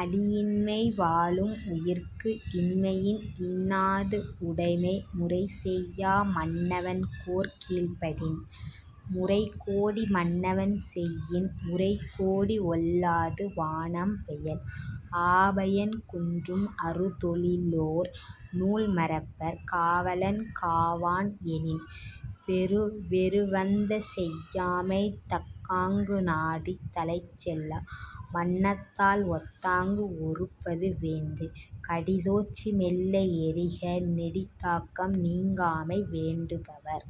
அளியின்மை வாழும் உயிர்க்கு. இன்மையின் இன்னாது உடைமை முறைசெய்யா மன்னவன் கோற்கீழ்ப் படின். முறைகோடி மன்னவன் செய்யின் உறைகோடி ஒல்லாது வானம் பெயல். ஆபயன் குன்றும் அறுதொழிலோர் நூல்மறப்பர் காவலன் காவான் எனின். வெருவந்தசெய்யாமை தக்காங்கு நாடித் தலைச்செல்லா வண்ணத்தால் ஒத்தாங்கு ஒறுப்பது வேந்து. கடிதோச்சி மெல்ல எறிக நெடிதாக்கம் நீங்காமை வேண்டு பவர்.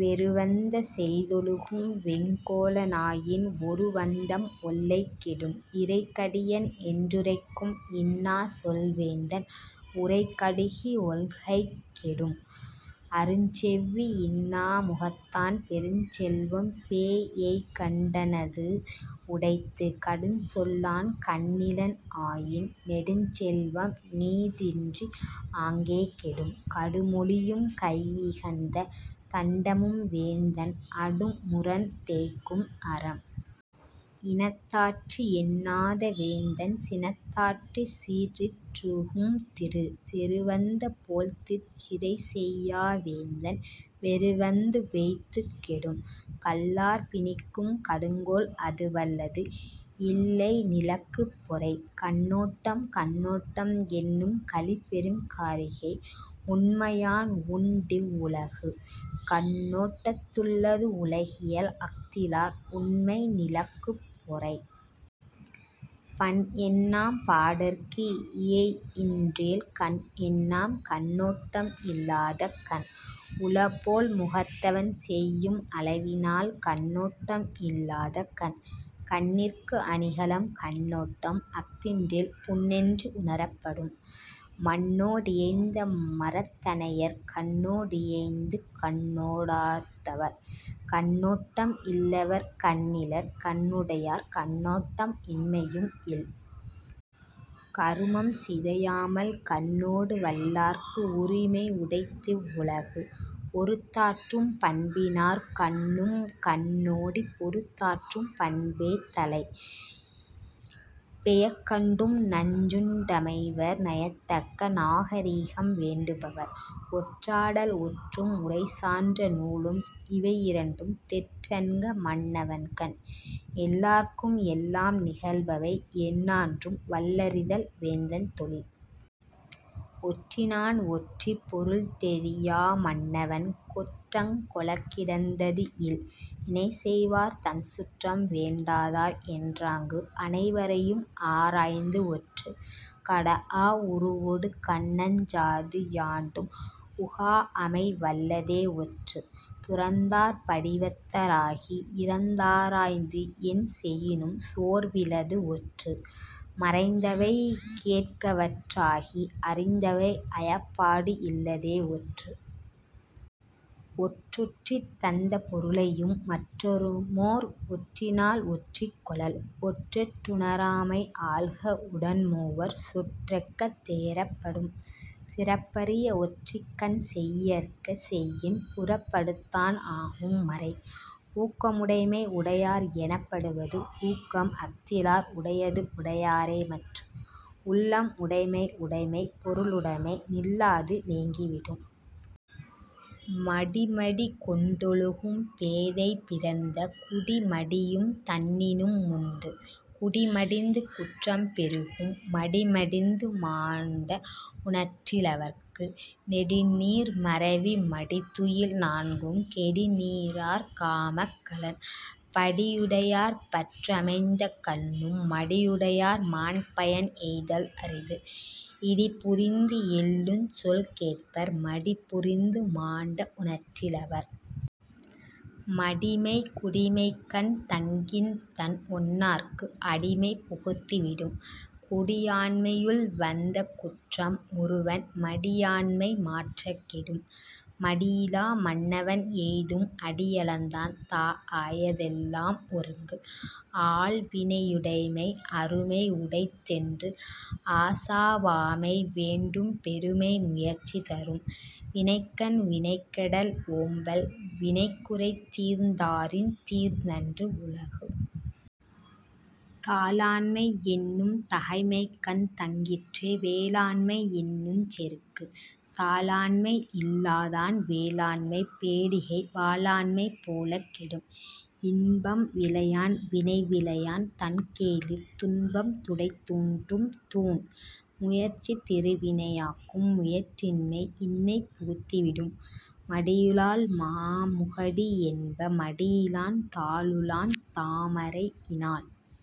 வெருவந்த செய்தொழுகும் வெங்கோல னாயின் ஒருவந்தம் ஒல்லைக் கெடும். இறைகடியன் என்றுரைக்கும் இன்னாச்சொல் வேந்தன் உறைகடுகி ஒல்லைக் கெடும். அருஞ்செவ்வி இன்னா முகத்தான் பெருஞ்செல்வம் பேஎய்கண் டன்னது உடைத்து. கடுஞ்சொல்லன் கண்ணிலன் ஆயின் நெடுஞ்செல்வம் நீடின்றி ஆங்கே கெடும். கடுமொழியும் கையிகந்த தண்டமும் வேந்தன் அடுமுரண் தேய்க்கும் அரம். இனத்தாற்றி எண்ணாத வேந்தன் சினத்தாற்றிச் சீறிற் சிறுகும் திரு. செருவந்த போழ்திற் சிறைசெய்யா வேந்தன் வெருவந்து வெய்து கெடும். கல்லார்ப் பிணிக்கும் கடுங்கோல் அதுவல்லது இல்லை நிலக்குப் பொறை. கண்ணோட் டம் கண்ணோட்டம் என்னும் கழிபெருங் காரிகை உண்மையான் உண்டிவ் வுலகு. கண்ணோட்டத் துள்ளது உலகியல் அஃதிலார் உண்மை நிலக்குப் பொறை. பண்என்னாம் பாடற்கு இயைபின்றேல் கண்என்னாம் கண்ணோட்டம் இல்லாத கண். உளபோல் முகத்தெவன் செய்யும் அளவினால் கண்ணோட்டம் இல்லாத கண். கண்ணிற்கு அணிகலம் கண்ணோட்டம் அஃதின்றேல் புண்ணென்று உணரப் படும் மண்ணோ டியைந்த மரத்தனையர் கண்ணோ டியைந்துகண் ணோடா தவர். கண்ணோட் டம் இல்லவர் கண்ணிலர் கண்ணுடையார் கண்ணோட்டம் இன்மையும் இல். கருமம் சிதையாமல் கண்ணோட வல்லார்க்கு உரிமை உடைத்திவ் வுலகு. ஒறுத்தாற்றும் பண்பினார் கண்ணும்கண் ணோடிப் பொறுத்தாற்றும் பண்பே தலை. பெயக்கண்டும் நஞ்சுண் டமைவர் நயத்தக்க நாகரிகம் வேண்டு பவர். ஒற்றாடல் ஒற்றும் உரைசான்ற நூலும் இவையிரண்டும் தெற்றென்க மன்னவன் கண். எல்லார்க்கும் எல்லாம் நிகழ்பவை எஞ்ஞான்றும் வல்லறிதல் வேந்தன் தொழில். ஒற்றினான் ஒற்றிப் பொருள்தெரியா மன்னவன் கொற்றங் கொளக்கிடந்தது இல். வினைசெய்வார் தம்சுற்றம் வேண்டாதார் என்றாங்கு அனைவரையும் ஆராய்வது ஒற்று. கடாஅ உருவொடு கண்ணஞ்சாது யாண்டும் உகாஅமை வல்லதே ஒற்று. துறந்தார் படிவத்த ராகி இறந்தாராய்ந்து என்செயினும் சோர்விலது ஒற்று. மறைந்தவை கேட்கவற் றாகி அறிந்தவை ஐயப்பாடு இல்லதே ஒற்று. ஒற்றொற்றித் தந்த பொருளையும் மற்றுமோர் ஒற்றினால் ஒற்றிக் கொளல். ஒற்றெற் றுணராமை ஆள்க உடன்மூவர் சொற்றொக்க தேறப் படும். சிறப்பறிய ஒற்றின்கண் செய்யற்க செய்யின் புறப்படுத்தான் ஆகும் மறை. ஊக்கமுடைமை உடையர் எனப்படுவது ஊக்கம் அஃ தில்லார் உடையது உடையரோ மற்று. உள்ளம் உடைமை உடைமை பொருளுடைமை நில்லாது நீங்கி விடும். மடிமடிக் கொண்டொழுகும் பேதை பிறந்த குடிமடியும் தன்னினும் முந்து. குடிமடிந்து குற்றம் பெருகும் மடிமடிந்து மாண்ட உஞற்றி லவர்க்கு. நெடுநீர் மறவி மடிதுயில் நான்கும் கெடுநீரார் காமக் கலன். படியுடையார் பற்றமைந்தக் கண்ணும் மடியுடையார் மாண்பயன் எய்தல் அரிது. இடிபுரிந்து எள்ளுஞ் சொல் கேட்பர் மடிபுரிந்து மாண்ட உஞற்றி லவர். மடிமை குடிமைக்கண் தங்கின்தன் ஒன்னார்க்கு அடிமை புகுத்தி விடும். குடியாண்மை யுள்வந்த குற்றம் ஒருவன் மடியாண்மை மாற்றக் கெடும். மடியிலா மன்னவன் எய்தும் அடியளந்தான் தாஅய தெல்லாம் ஒருங்கு. ஆள்வினையுடைமை அருமை உடைத்தென்று அசாவாமை வேண்டும் பெருமை முயற்சி தரும். வினைக்கண் வினைகெடல் ஓம்பல் வினைக்குறை தீர்ந்தாரின் தீர்ந்தன்று உலகு. தாளாண்மை என்னும் தகைமைக்கண் தங்கிற்றே வேளாண்மை என்னுஞ் செருக்கு. தாளாண்மை இல்லாதான் வேளாண்மை பேடிகை வாளாண்மை போலக் கெடும். இன்பம் விழையான் வினைவிழைவான் தன்கேளிர் துன்பம் துடைத்தூன்றும் தூண். முயற்சி திருவினை ஆக்கும் முயற்றின்மை இன்மை புகுத்தி விடும். மடியுளாள் மாமுகடி என்ப மடியிலான் தாளுளான் தாமரையி னாள்.।